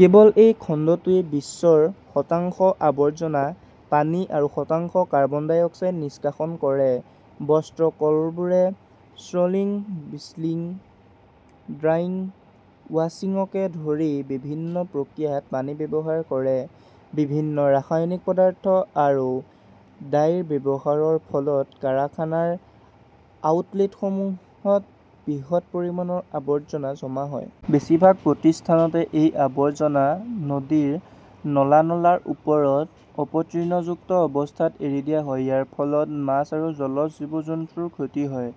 কেৱল এই খণ্ডটোৱেই বিশ্বৰ শতাংশ আৱৰ্জনা পানী আৰু শতাংশ কাৰ্বন ডাই অক্সাইড নিষ্কাশন কৰে। বস্ত্ৰ কলবোৰে স্ক্ৰলিং, ব্লিচিং, ডাইং, ৱাশ্বিংকে ধৰি বিভিন্ন প্ৰক্ৰিয়াত পানী ব্যৱহাৰ কৰে। বিভিন্ন ৰাসায়নিক পদাৰ্থ আৰু ডাইৰ ব্যৱহাৰৰ ফলত কাৰখানাৰ আউটলেটসমূহত বৃহৎ পৰিমাণৰ আৱৰ্জনা জমা হয়। বেছিভাগ প্ৰতিষ্ঠানতে এই আৱৰ্জনা নদীৰ নলা-নলাৰ ওপৰত অপতৃণযুক্ত অৱস্থাত এৰি দিয়া হয়। ইয়াৰ ফলত মাছ আৰু জলজ জীৱ-জন্তুৰ ক্ষতি হয়।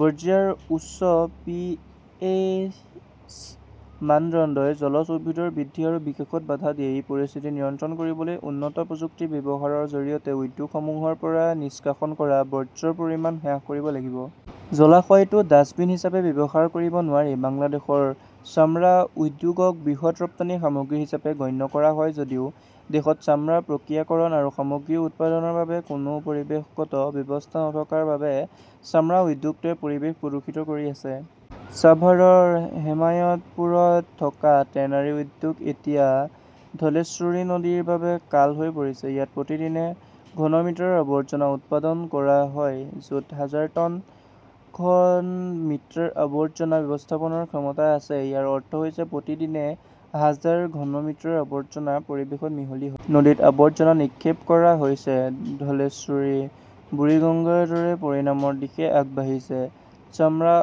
বৰ্জিয়াৰ উচ্চ পিএইচ মানদণ্ডই জলজ উদ্ভিদৰ বৃদ্ধি আৰু বিকাশত বাধা দিয়ে। এই পৰিস্থিতি নিয়ন্ত্ৰণ কৰিবলৈ উন্নত প্ৰযুক্তিৰ ব্যৱহাৰৰ জৰিয়তে উদ্যোগসমূহৰ পৰা নিষ্কাশন কৰা বৰ্জৰ পৰিমাণ হ্ৰাস কৰিব লাগিব। জলাশয়টো ডাস্টবিন হিচাপে ব্যৱহাৰ কৰিব নোৱাৰি। বাংলাদেশৰ চামৰা উদ্যোগক বৃহৎ ৰপ্তানি সামগ্ৰী হিচাপে গণ্য কৰা হয় যদিও দেশত চামৰা প্ৰক্ৰিয়াকৰণ আৰু সামগ্ৰী উৎপাদনৰ বাবে কোনো পৰিৱেশগত ব্যৱস্থা নথকাৰ বাবে চামৰা উদ্যোগটোৱে পৰিৱেশ প্ৰদূষিত কৰি আছে। ছাভাৰৰ হেমায়তপুৰত থকা টেনাৰী উদ্যোগ এতিয়া ধলেশ্বৰী নদীৰ বাবে কাল হৈ পৰিছে। ইয়াত প্ৰতিদিনে ঘন মিটাৰ আৱৰ্জনা উৎপাদন কৰা হয়। য 'ত হাজাৰ ঘন মিটাৰ আৱৰ্জনা ব্যৱস্থাপনাৰ ক্ষমতা আছে। ইয়াৰ অৰ্থ হৈছে প্ৰতিদিনে হাজাৰ ঘন মিটাৰ আৱৰ্জনা পৰিৱেশত মিহলি হয়। নদীত আৱৰ্জনা নিক্ষেপ কৰা হৈছে। ধলেশ্বৰী বুৰিগঙ্গাৰ দৰে পৰিণামৰ দিশে আগবাঢ়িছে। চামৰা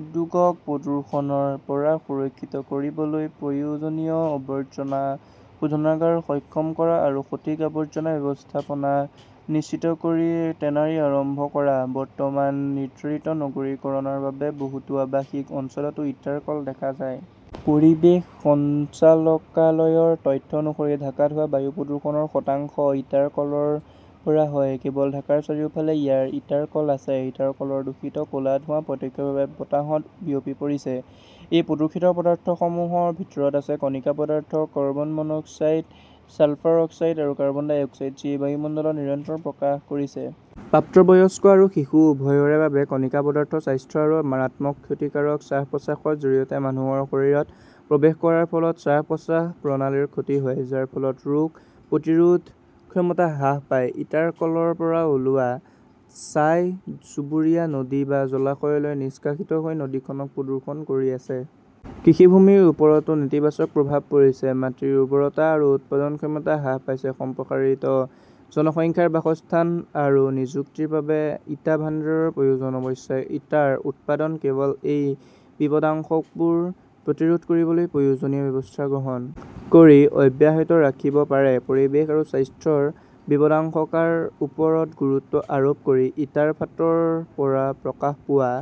উদ্যোগক প্ৰদূষণৰ পৰা সুৰক্ষিত কৰিবলৈ প্ৰয়োজনীয় আৱৰ্জনা শোধনাগাৰ সক্ষম কৰা আৰু সঠিক আৱৰ্জনা ব্যৱস্থাপনা নিশ্চিত কৰি টেনাৰী আৰম্ভ কৰা। বৰ্তমান নিৰ্ধাৰিত নগৰীকৰণৰ বাবে বহুতো আৱাসিক অঞ্চলতো ইটাৰ কল দেখা যায়। পৰিৱেশ সঞ্চালকালয়ৰ তথ্য অনুসৰি, ঢাকাত হোৱা বায়ু প্ৰদূষণৰ শতাংশ ইটাৰ কলৰ পৰা হয়। কেৱল ঢাকাৰ চাৰিওফালে প্ৰায় ইটাৰ কল আছে। ইটাৰ কলৰ দূষিত ক 'লা ধোঁৱা প্ৰত্যক্ষভাৱে বতাহত বিয়পি পৰিছে। এই প্ৰদূষিত পদাৰ্থসমূহৰ ভিতৰত আছে কণিকা পদাৰ্থ, carbon monoxide, sulphur oxide আৰু কাৰ্বন ডাই অক্সাইড, যি বায়ুমণ্ডলত নিৰন্তৰ প্ৰকাশ পাইছে। প্ৰাপ্তবয়স্ক আৰু শিশু উভয়ৰে বাবে কণিকা পদাৰ্থ স্বাস্থ্যৰ বাবে মাৰাত্মক ক্ষতিকাৰক। শ্বাস-প্ৰশ্বাসৰ জৰিয়তে মানুহৰ শৰীৰত প্ৰৱেশ কৰাৰ ফলত শ্বাস-প্ৰশ্বাস প্ৰণালীৰ ক্ষতি হয়, যাৰ ফলত ৰোগ প্ৰতিৰোধ ক্ষমতা হ্ৰাস পায়। ইটাৰ কলৰ পৰা ওলোৱা ছাই চুবুৰীয়া নদী বা জলাশয়লৈ নিষ্কাশিত হৈ নদীখনক প্ৰদূষণ কৰি আছে। কৃষি ভূমিৰ ওপৰতো নেতিবাচক প্ৰভাৱ পৰিছে। মাটিৰ উৰ্বৰতা আৰু উৎপাদন ক্ষমতা হ্ৰাস পাইছে। সম্প্ৰসাৰিত জনসংখ্যাৰ বাসস্থান আৰু নিযুক্তিৰ বাবে ইটা ভাণ্ডাৰৰ প্ৰয়োজন। অৱশ্যে, ইটাৰ উৎপাদন কেৱল এই বিপদাশংকাবোৰ প্ৰতিৰোধ কৰিবলৈ প্ৰয়োজনীয় ব্যৱস্থা গ্ৰহণ কৰি অব্যাহত ৰাখিব পাৰি, পৰিৱেশ আৰু স্বাস্থ্যৰ বিপদাশংকাৰ ওপৰত গুৰুত্ব আৰোপ কৰি, ইটাৰ ফাঁটৰ পৰা প্ৰকাশ পোৱা